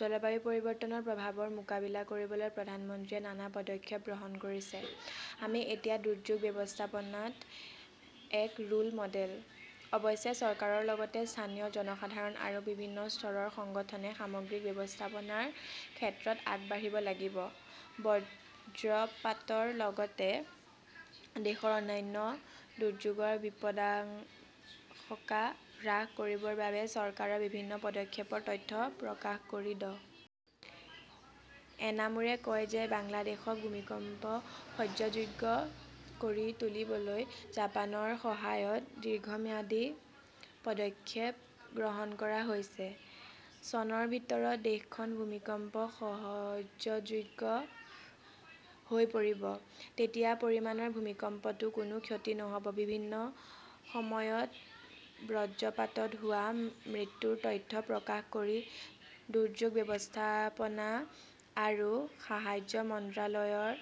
জলবায়ু পৰিৱৰ্তনৰ প্ৰভাৱৰ মোকাবিলা কৰিবলৈ প্ৰধানমন্ত্ৰীয়ে নানা পদক্ষেপ গ্ৰহণ কৰিছে। আমি এতিয়া দুৰ্যোগ ব্যৱস্থাপনাত এক ৰোল মডেল। অৱশ্যে, চৰকাৰৰ লগতে স্থানীয় জনসাধাৰণ আৰু বিভিন্ন স্তৰৰ সংগঠনে সামগ্ৰিক ব্যৱস্থাপনাৰ ক্ষেত্ৰত আগবাঢ়ি আহিব লাগিব। বজ্ৰপাতৰ লগতে দেশৰ অন্যান্য দুৰ্যোগৰ বিপদাশংকা হ্ৰাস কৰাৰ বাবে চৰকাৰৰ বিভিন্ন পদক্ষেপৰ তথ্য প্ৰকাশ কৰি ড। এনামুৰে কয় যে বাংলাদেশক ভূমিকম্প সহ্যযোগ্য কৰি তুলিবলৈ জাপানৰ সহায়ত দীৰ্ঘম্যাদী পদক্ষেপ গ্ৰহণ কৰা হৈছে। চনৰ ভিতৰত দেশখন ভূমিকম্প সহ্যযোগ্য হৈ পৰিব। তেতিয়া পৰিমাণৰ ভূমিকম্পতো কোনো ক্ষতি নহ "ব। বিভিন্ন সময়ত বজ্ৰপাতত হোৱা মৃত্যুৰ তথ্য প্ৰকাশ কৰি দুৰ্যোগ ব্যৱস্থাপনা আৰু সাহায্য মন্ত্ৰালয়ৰ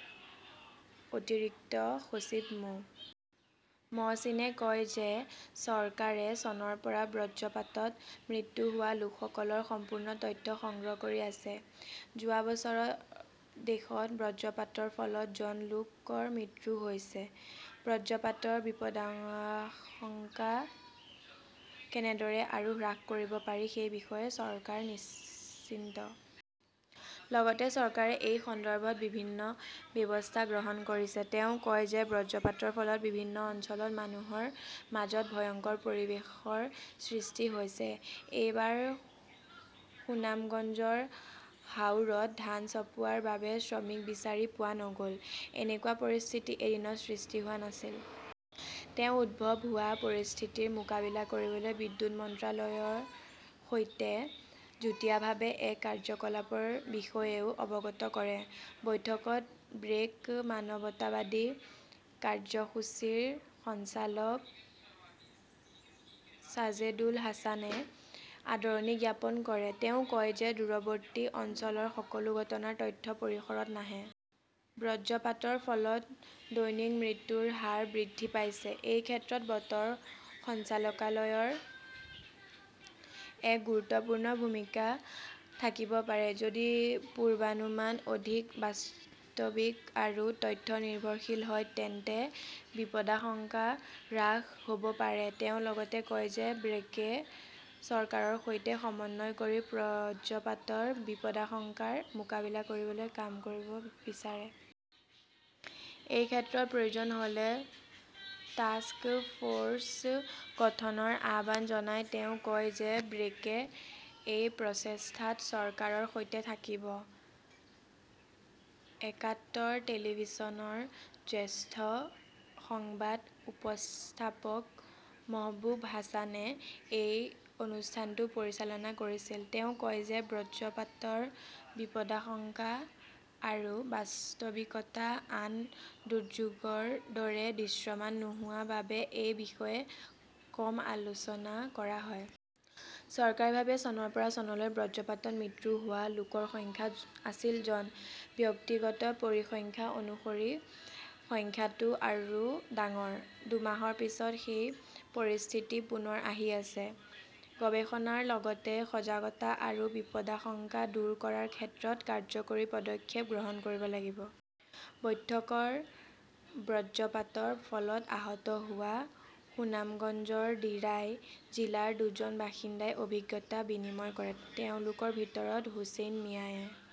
অতিৰিক্ত সচিব মো. মহচিনে কয় যে চৰকাৰে চনৰ পৰা বজ্ৰপাতত মৃত্যু হোৱা লোকসকলৰ সম্পূৰ্ণ তথ্য সংগ্ৰহ কৰি আছে। যোৱা বছৰত দেশত বজ্ৰপাতৰ ফলত জন লোকৰ মৃত্যু হৈছে। বজ্ৰপাতৰ বিপদাশংকা কেনেদৰে আৰু হ্ৰাস কৰিব পাৰি সেই বিষয়ে চৰকাৰ চিন্তিত। লগতে চৰকাৰে এই সন্দৰ্ভত বিভিন্ন ব্যৱস্থা গ্ৰহণ কৰিছে। তেওঁ কয় যে বজ্ৰপাতৰ ফলত বিভিন্ন অঞ্চলত মানুহৰ মাজত ভয়ংকৰ পৰিৱেশৰ সৃষ্টি হৈছে। এইবাৰ সুনামগঞ্জৰ হাওৰত ধান চপোৱাৰ বাবে শ্ৰমিক বিচাৰি পোৱা নগ "ল। এনেকুৱা পৰিস্থিতি এদিনত সৃষ্টি হোৱা নাছিল। তেওঁ উদ্ভৱ হোৱা পৰিস্থিতিৰ মোকাবিলা কৰিবলৈ বিদ্যুৎ মন্ত্ৰালয়ৰ সৈতে যুটীয়াভাৱে এক কাৰ্যকলাপৰ বিষয়েও অৱগত কৰে। বৈঠকত ব্ৰেক মানৱতাবাদী কাৰ্যসূচীৰ সঞ্চালক ছাজেদুল হাছানে আদৰণি জ্ঞাপন কৰে। তেওঁ কয় যে দূৰৱৰ্তী অঞ্চলৰ সকলো ঘটনাৰ তথ্য পৰিসৰত নাহে। বজ্ৰপাতৰ ফলত দৈনিক মৃত্যুৰ হাৰ বৃদ্ধি পাইছে। এই ক্ষেত্ৰত বতৰ সঞ্চালকালয়ৰ এক গুৰুত্বপূৰ্ণ ভূমিকা থাকিব পাৰে। যদি পূৰ্বানুমান অধিক বাস্তৱিক আৰু তথ্য-নিৰ্ভৰশীল হয় তেন্তে বিপদাশংকা হ্ৰাস হ 'ব পাৰে। তেওঁ লগতে কয় যে ব্ৰেকে চৰকাৰৰ সৈতে সমন্বয় কৰি বজ্ৰপাতৰ বিপদাশংকাৰ মোকাবিলা কৰিবলৈ কাম কৰিব বিচাৰে। এই ক্ষেত্ৰত প্ৰয়োজন হ "লে টাস্ক ফ" ৰ্চ গঠনৰ আহ্বান জনাই তেওঁ কয় যে ব্ৰেকে এই প্ৰচেষ্টাত চৰকাৰৰ সৈতে থাকিব। একাত্তৰ টেলিভিছনৰ জ্যেষ্ঠ সংবাদ উপস্থাপক মহবূব হাছানে এই অনুষ্ঠানটো পৰিচালনা কৰিছিল। তেওঁ কয় যে বজ্ৰপাতৰ বিপদাশংকা আৰু বাস্তৱিকতা আন দুৰ্যোগৰ দৰে দৃশ্যমান নোহোৱাৰ বাবে এই বিষয়ে কম আলোচনা কৰা হয়। চৰকাৰীভাৱে চনৰ পৰা চনলৈকে বজ্ৰপাতত মৃত্যু হোৱা লোকৰ সংখ্যা আছিল জন। ব্যক্তিগত পৰিসংখ্যা অনুসৰি সংখ্যাটো আৰু ডাঙৰ। দুমাহৰ পিছত সেই পৰিস্থিতি পুনৰ আহি আছে। গৱেষণাৰ লগতে সজাগতা আৰু বিপদাশংকা দূৰ কৰাৰ ক্ষেত্ৰত কাৰ্যকৰী পদক্ষেপ গ্ৰহণ কৰিব লাগিব। বৈঠকত বজ্ৰপাতৰ ফলত আহত হোৱা সুনামগঞ্জৰ দিৰাই জিলাৰ দুজন বাসিন্দাই অভিজ্ঞতা বিনিময় কৰে। তেওঁলোকৰ ভিতৰত হুচেইন মিয়াৱে